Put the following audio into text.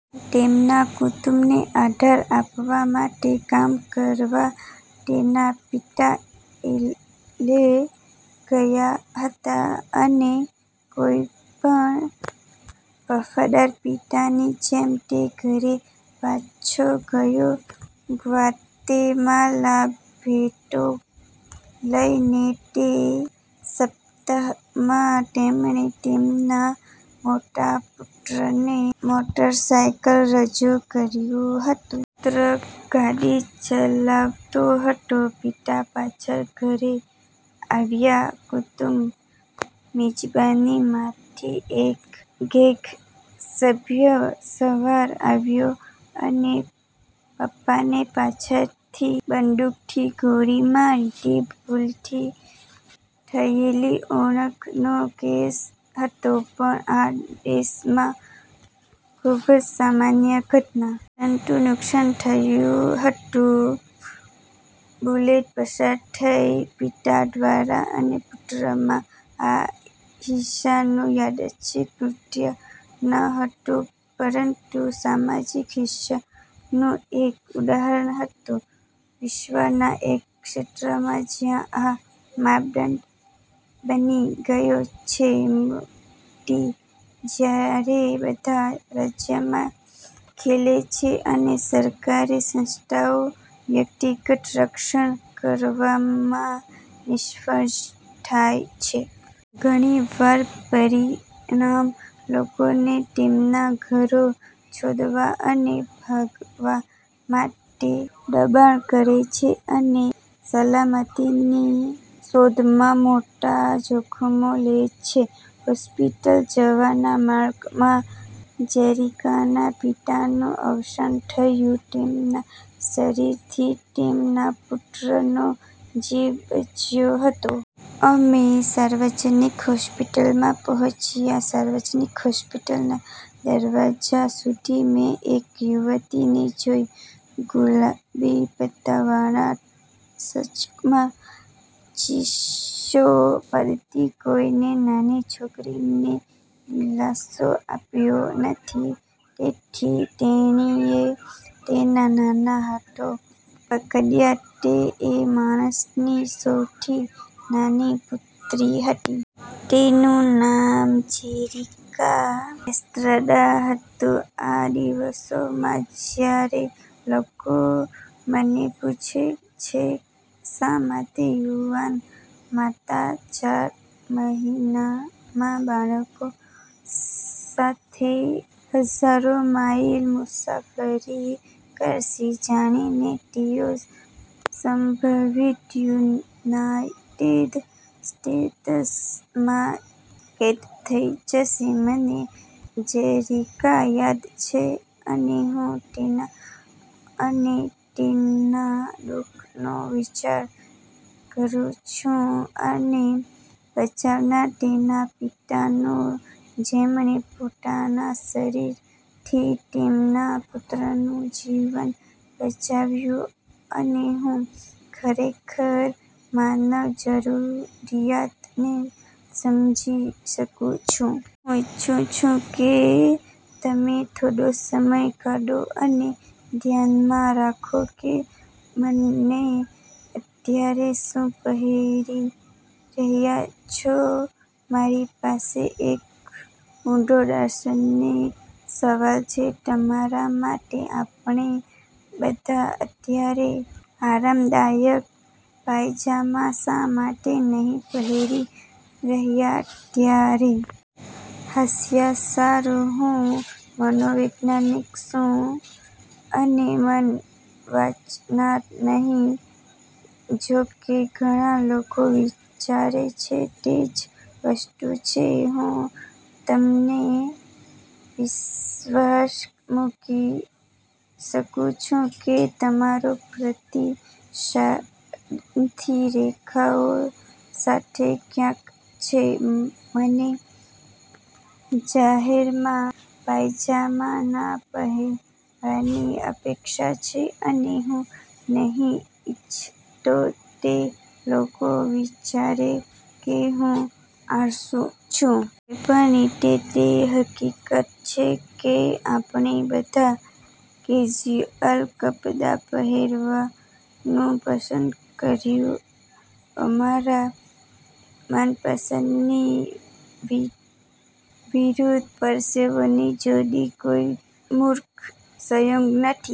તેમના કુટુંબને આધાર આપવા માટે કામ કરવા તેના પિતા એલએ ગયા હતા અને કોઈપણ વફાદાર પિતાની જેમ તે ઘરે પાછો ગયો ગ્વાટેમાલા ભેટો લઈને. તે સપ્તાહમાં તેમણે તેમના મોટા પુત્રને મોટરસાયકલ રજૂ કર્યું હતું. પુત્ર ગાડી ચલાવતો હતો, પિતા પાછા ઘરે આવ્યા કુટુંબ મિજબાની માંથી, એક ગેંગ સભ્ય સવાર આવ્યો અને પપ્પાને પાછળથી બંદૂકની ગોળી મારી. તે ભૂલથી થયેલી ઓળખનો કેસ હતો પણ આ દેશમાં ખૂબ સામાન્ય ઘટના. પરંતુ નુકસાન થયું હતું. બુલેટ પસાર થઈ પિતા દ્વારા અને પુત્રમાં. આ હિંસાનું યાર્દચ્છિક કૃત્ય નહોતુ પરંતુ સામાજિક હિંસાનું એક ઉદાહરણ હતું વિશ્વના એક ક્ષેત્રમાં જ્યાં આ માપદંડ બની ગયો છે. મુક્તિ જ્યારે બધા રાજ્યમાં ખીલે છે અને સરકારી સંસ્થાઓ વ્યક્તિગત રક્ષણ કરવામાં નિષ્ફળ થાય છે. ઘણી વાર, પરિણામ લોકોને તેમના ઘરો છોડવા અને ભાગવા માટે દબાણ કરે છે અને સલામતીની શોધમાં મોટા જોખમો લે છે. હોસ્પિટલ જવાના માર્ગમાં જેરીકાના પિતાનું અવસાન થયું. તેમના શરીરથી તેમના પુત્રનો જીવ બચ્યો હતો. અમે સાર્વજનિક હોસ્પિટલમાં પહોંચ્યા. સાર્વજનિક હોસ્પિટલના દરવાજા સુધી મેં એક યુવતીને જોઇ ગુલાબી પટ્ટાવાળા શર્ટમાં, ચીસો પાડતી. કોઈએ નાની છોકરીને દિલાસો આપ્યો નહીં તેથી તેણીએ તેના નાના હાથો પકડ્યા. તે એ માણસની સૌથી નાની પુત્રી હતી. તેનું નામ જેરિકા એસ્ટ્રાડા હતું. આ દિવસોમાં, જ્યારે લોકો મને પૂછે છે શા માટે યુવાન માતા ચાર મહિનાનાં બાળકો સાથે હજારો માઇલ મુસાફરી કરશે, જાણીને તેઓ સંભવિત યુનાઇટેડ સ્ટેટ્સમાં કેદ થઈ જશે, મને જેરિકા યાદ છે અને હું તેના અને તેના દુઃખનો વિચાર કરું છું અને બચાવનાર તેના પિતાનો જેમણે પોતાના શરીરથી તેમના પુત્રનું જીવન બચાવ્યું અને હું ખરેખર માનવ જરૂરિયાતને સમજી શકું છું. હું ઇચ્છું છું કે તમે થોડો સમય કાઢો અને ધ્યાનમાં રાખો કે તમે અત્યારે શું પહેરી રહ્યા છો. મારી પાસે એક ઊંડો દાર્શનિક સવાલ છે તમારા માટે, "આપણે બધા અત્યારે આરામદાયક પાયજામા શા માટે નથી પહેરી રહ્યા અત્યારે?" હાસ્ય સારું. હું મનોવૈજ્ઞાનિક છું અને મન વાંચનાર નહીં જોકે ઘણા લોકો વિચારે છે તે જ વસ્તુ છે. હું તમને વિશ્વાસ મૂકી શકું છું કે તમારો પ્રતિસાદની રેખાઓ સાથે ક્યાંક છે, "મને જાહેરમાં પાયજામા ના પહેરવાની અપેક્ષા છે" અને "હું નથી ઇરછતો કે લોકો વિચારે કે હું આળસું છું." કોઈપણ રીતે તે હકીકત છે કે આપણે બધા કેઝ્યુઅલ કપડાં પહેરવાનું પસંદ કર્યું. અમારા મનપસંદની વિરુદ્ધ પરસેવોની જોડી કોઈ મૂર્ખ સંયોગ નથી.